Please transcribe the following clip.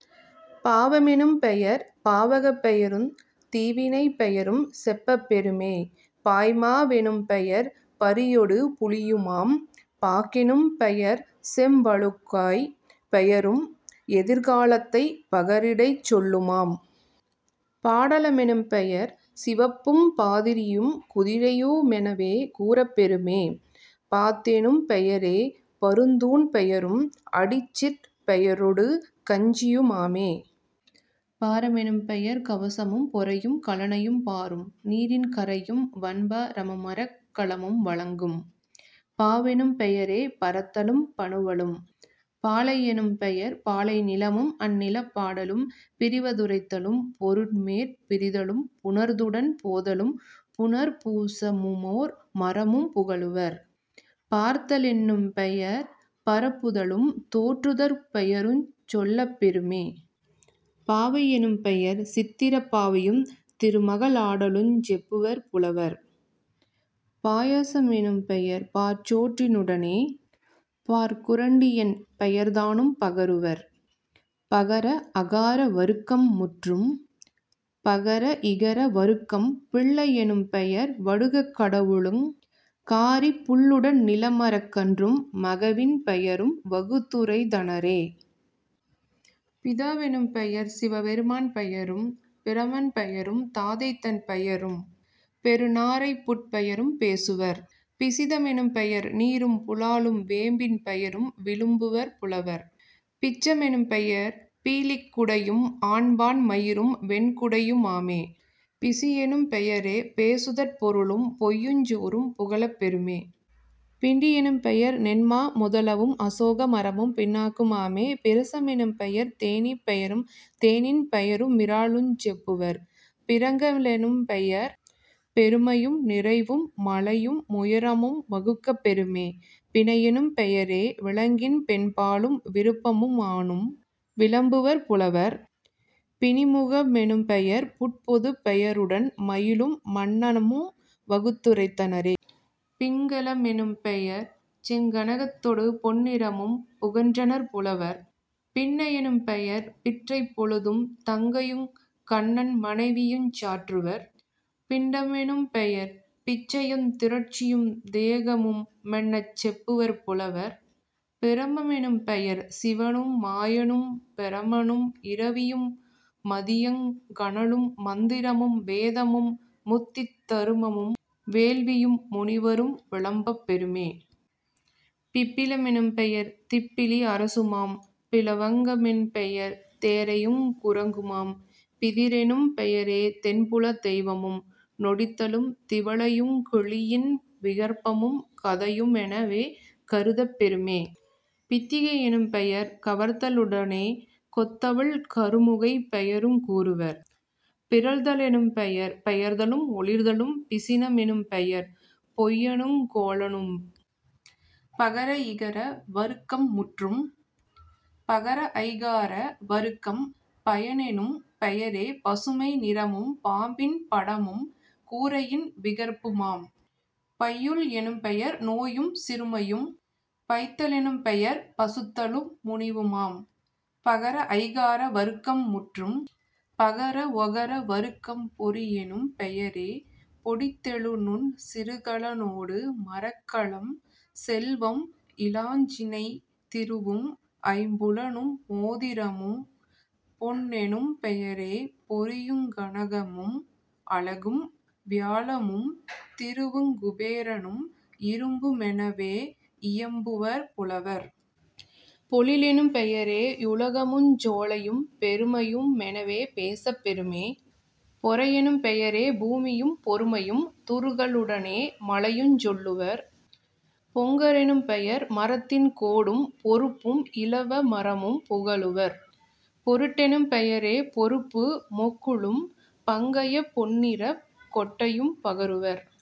பாவ மெனும்பெயர் பாவகப் பெயருந் தீவினைப் பெயரும் செப்பப் பெறுமே..... பாய்மா வெனும்பெயர் பரியொடு புலியுமாம்..... பாக்கெனும் பெயர்செம் பழுக்காய்ப் பெயரும் எதிர்கா லத்தைப் பகரிடைச் சொல்லுமாம்..... பாடல மெனும்பெயர் சிவப்பும் பாதிரியும் குதிரையு மெனவே கூறப் பெறுமே..... பாத்தெனும் பெயரே பருத்தூண் பெயரும் அடிசிற் பெயரொடு கஞ்சியு மாமே..... பார மெனும்பெயர் கவசமும் பொறையும் கலனையும் பாரும் நீரின் கரையும் வன்பா ரமுமரக் கலமும் வழங்கும்..... பாவெனும் பெயரே பரத்தலும் பனுவலும்..... பாலை யெனும்பெயர் பாலை நிலமும் அந்நிலப் பாடலும் பிரிவ துரைத்தலும் பொருண்மேற் பிரிதலும் புணர்ந்துடன் போதலும் புனர்பூ சமுமோர் மரமும் புகலுவர்..... பார்த்த லென்னும் பெயர்பரப் புதலும் தோற்றுதற் பெயருஞ் சொல்லப் பெறுமே..... பாவை யெனும்பெயர் சித்திரப் பாவையும் திருமக ளாடலுஞ் செப்புவர் புலவர்..... பாயச மெனும்பெயர் பாற்சோற் றினுடனே பாற்குறண் டியென் பெயர்தானும் பகருவர்..... பகர ஆகார வருக்கம் முற்றும். பகர இகர வருக்கம் பிள்ளை யெனும்பெயர் வடுகக் கடவுளுங் காரிப் புள்ளுட னிளமரக் கன்றும் மகவின் பெயரும் வகுத்துரைத் தனரே..... பிதா வெனும்பெயர் சிவபெருமான் பெயரும் பிரமன் பெயரும் தாதைதன் பெயரும் பெருநா ரைப்புட் பெயரும் பேசுவர்..... பிசித மெனும்பெயர் நீறும் புலாலும் வேம்பின் பெயரும் விளம்புவர் புலவர்..... பிச்ச மெனும்பெயர் பீலிக் குடையும் ஆண்பான் மயிரும் வெண்குடையு மாமே..... பிசியெனும் பெயரே பேசுதற் பொருளும் பொய்யுஞ் சோறும் புகலப் பெறுமே..... பிண்டி யெனும்பெயர் நென்மா முதலவும் அசோக மரமும் பிண்ணாக்கு மாமே..... பிரச மெனும்பெயர் தேனீப் பெயரும் தேனின் பெயரு மிறாலுஞ் செப்புவர்..... பிறங்க லெனும்பெயர் பெருமையு நிறைவும் மலையு முயரமும் வகுக்கப் பெறுமே..... பிணையெனும் பெயரே விலங்கின் பெண்பாலும் விருப்பமு மானும் விளம்புவர் புலவர்..... பிணிமுக மெனும்பெயர் புட்பொதுப் பெயருடன் மயிலு மன்னமும் வகுத்து ரைத்தனரே..... பிங்கல மெனும்பெயர் செங்கன கத்தொடு பொன்னி னிறமும் புகன்றனர் புலவர்..... பின்னை யெனும்பெயர் பிற்றைப் பொழுதும் தங்கையுங் கண்ணன் மனைவியுஞ் சாற்றுவர்..... பிண்ட மெனும்பெயர் பிச்சையுந் திரட்சியும் தேகமு மென்னச் செப்புவர் புலவர்..... பிரம மெனும்பெயர் சிவனு மாயனும் பிரமனும் இரவியு மதியுங் கனலும் மந்திரமும் வேதமும் முத்தித் தருமமும் வேள்வியு முனிவரும் விளம்பப் பெறுமே..... பிப்பில மெனும்பெயர் திப்பிலி அரசுமாம்..... பிலவங்க மென்பெயர் தேரையுங் குரங்குமாம்..... பிதிரெனும் பெயரே தென்புலத் தெய்வமும்। நொடித்தலும் திவலையுங் கிளியின் விகற்பமும் கதையு மெனவே கருதப் பெறுமே..... பித்திகை யெனும்பெயர் கவர்த்த லத்துடனே கொத்தவிழ் கருமுகைப் பெயருங் கூறுவர்..... பிறழ்த லெனும்பெயர் பெயர்தலும் ஒளிர்தலும்..... பிசின மெனும்பெயர் பொய்யனுங் கோளனும்..... பகர இகர வருக்கம் முற்றும். பகர ஐகார வருக்கம் பையெனும் பெயரே பசுமை நிறமும் பாம்பின் படமும் கூறையின் விகற்புமாம்..... பையுள் எனும்பெயர் நோயும் சிறுமையும்..... பைத்த லெனும்பெயர் பசுத்தலு முனிவுமாம்..... பகர ஐகார வருக்கம் முற்றும். பகர ஒகர வருக்கம் பொறியெனும் பெயரே பொடித்தெழு நுண் சிறுகல னோடு மரக்கலம் செல்வம் இலாஞ்சினை திருவும் ஐம்புலனு மோதிரமு பொன்னெனும் பெயரே பொறியுங் கனகமும் அழகும் வியாழமும் திருவுங் குபேரனும் இரும்பு மெனவே யியம்புவர் புலவர்..... பொழிலெனும் பெயரே யுலகமுஞ் சோலையும் பெருமையு மெனவே பேசப் பெறுமே..... பொறையெனும் பெயரே பூமியும் பொறுமையும் துறுகல் லுடனே மலையுஞ் சொல்லுவர்..... பொங்க ரெனும்பெயர் மரத்தின் கோடும் பொருப்பும் இலவ மரமும் புகலுவர்..... பொருட்டெனும் பெயரே பொருப்பு மொக்குளும் பங்கயப் பொன்னிறக் கொட்டையும் பகருவர்.